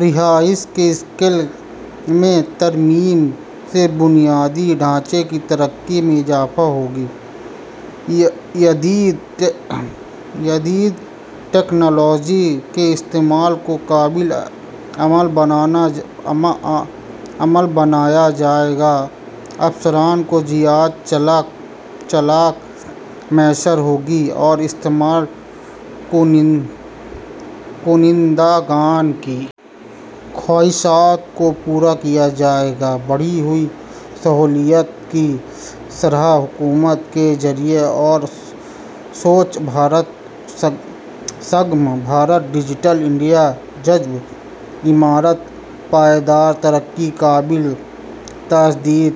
رہائش کے اسکیل میں ترمیم سے بنیادی ڈھانچے کی ترقی میں اضافہ ہوگا جدید ٹیکنالوجی کے استعمال کو قابل عمل بنایا جائے گا افسران کو زیادہ لچک میسر ہوگی اور استعمال کنندگان کی خواہشات کو پورا کیا جائے گا بڑھی ہوئی سہولیات کی شرح حکومت کے نظریے اور سوچھ بھارت سگم بھارت ڈیجیٹل انڈیا سبز عمارت پائیدار ترقی قابل تجدید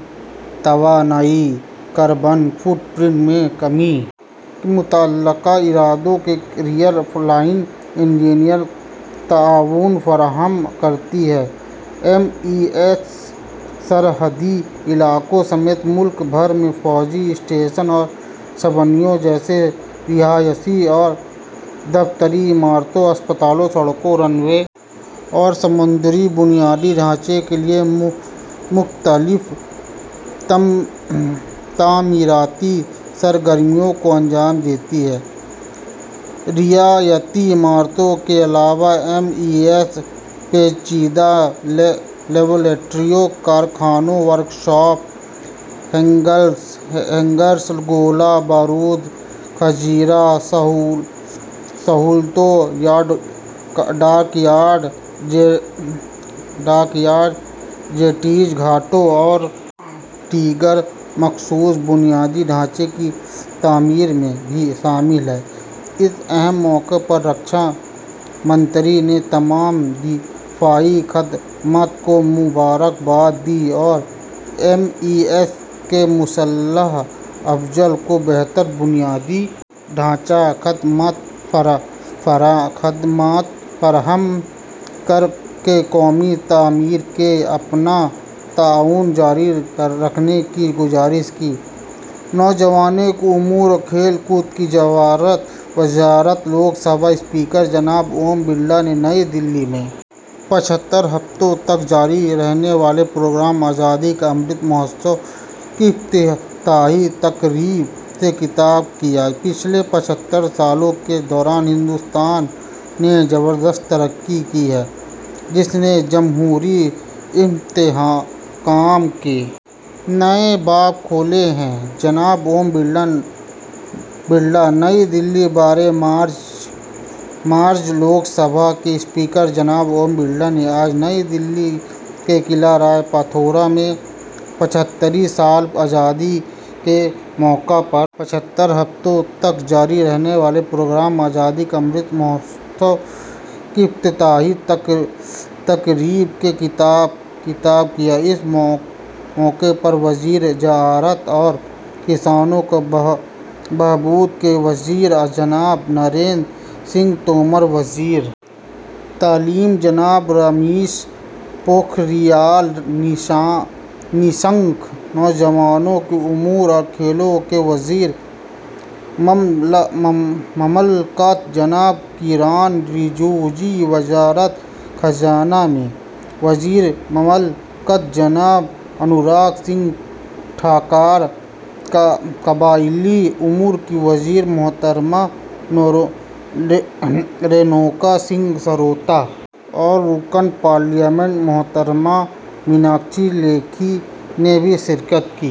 توانائی کاربن فٹ پرنٹ میں کمی کے متعلقہ اداروں کو ریئر لائن انجینئرنگ تعاون فراہم کرتی ہے ایم ای ایس سرحدی علاقوں سمیت ملک بھر میں فوجی اسٹیشنوں اور چھاؤنیوں جیسے رہائشی اور دفتری عمارتوں اسپتالوں سڑکوں رن وے اور سمندری بنیادی ڈھانچے کے لیے مختلف تعمیراتی سرگرمیوں کو انجام دیتی ہے روایتی عمارتوں کے علاوہ ایم ای ایس پیچیدہ لیبارٹریوں کارخانوں ورکشاپس ہینگرز گولہ بارود ذخیرہ سہولتوں ڈاکیارڈ جیٹیز گھاٹوں اور دیگر مخصوص بنیادی ڈھانچے کی تعمیر میں بھی شامل ہے اس اہم موقع پر رکشا منتری نے تمام دفاعی خدمات کو مبارکباد دی اور ایم ای ایس سے مسلح افواج کو بہتر بنیادی ڈھانچہ خدمات فراہم کر کے قومی تعمیر میں اپنا تعاون جاری رکھنے کی گزارش کی نوجوانوں کے امور اور کھیل کود کی وزارت لوک سبھا اسپیکر جناب اوم برلا نے نئی دہلی میں پچھتر ہفتوں تک جاری رہنے والے پروگرام آزادی کا امرت مہوتسو کی افتتاحی تقریب سے خطاب کیا پچھلے پچھتر سالوں کے دوران ہندوستان نے زبردست ترقی کی ہے جس نے جمہوری استحکام کے نئے باب کھولے ہیں جناب اوم برلا نئی دہلی بارہ مارچ لوک سبھا کے اسپیکر جناب اوم برلا نے آج نئی دہلی کے قلعہ رائے پتھورا میں پچھترویں سال آزادی کے موقع پر پچھتر ہفتوں تک جاری رہنے والے پروگرام آزادی کا امرت مہوتسو کی افتتاحی تقریب سے خطاب کیا اس موقع پر وزیر زراعت اور کسانوں کی بہبود کے وزیر جناب نریندر سنگھ تومر وزیر تعلیم جناب رمیش پوکھریال نشنک نوجوانوں کے امور اور کھیلوں کے وزیر مملکت جناب کیرن رجیجو وزارت خزانہ میں وزیر مملکت جناب انوراگ سنگھ ٹھاکر قبائلی امور کی وزیر محترمہ رینوکا سنگھ سروتا اور رکن پارلیمنٹ محترمہ میناکشی لیکھی نے بھی شرکت کی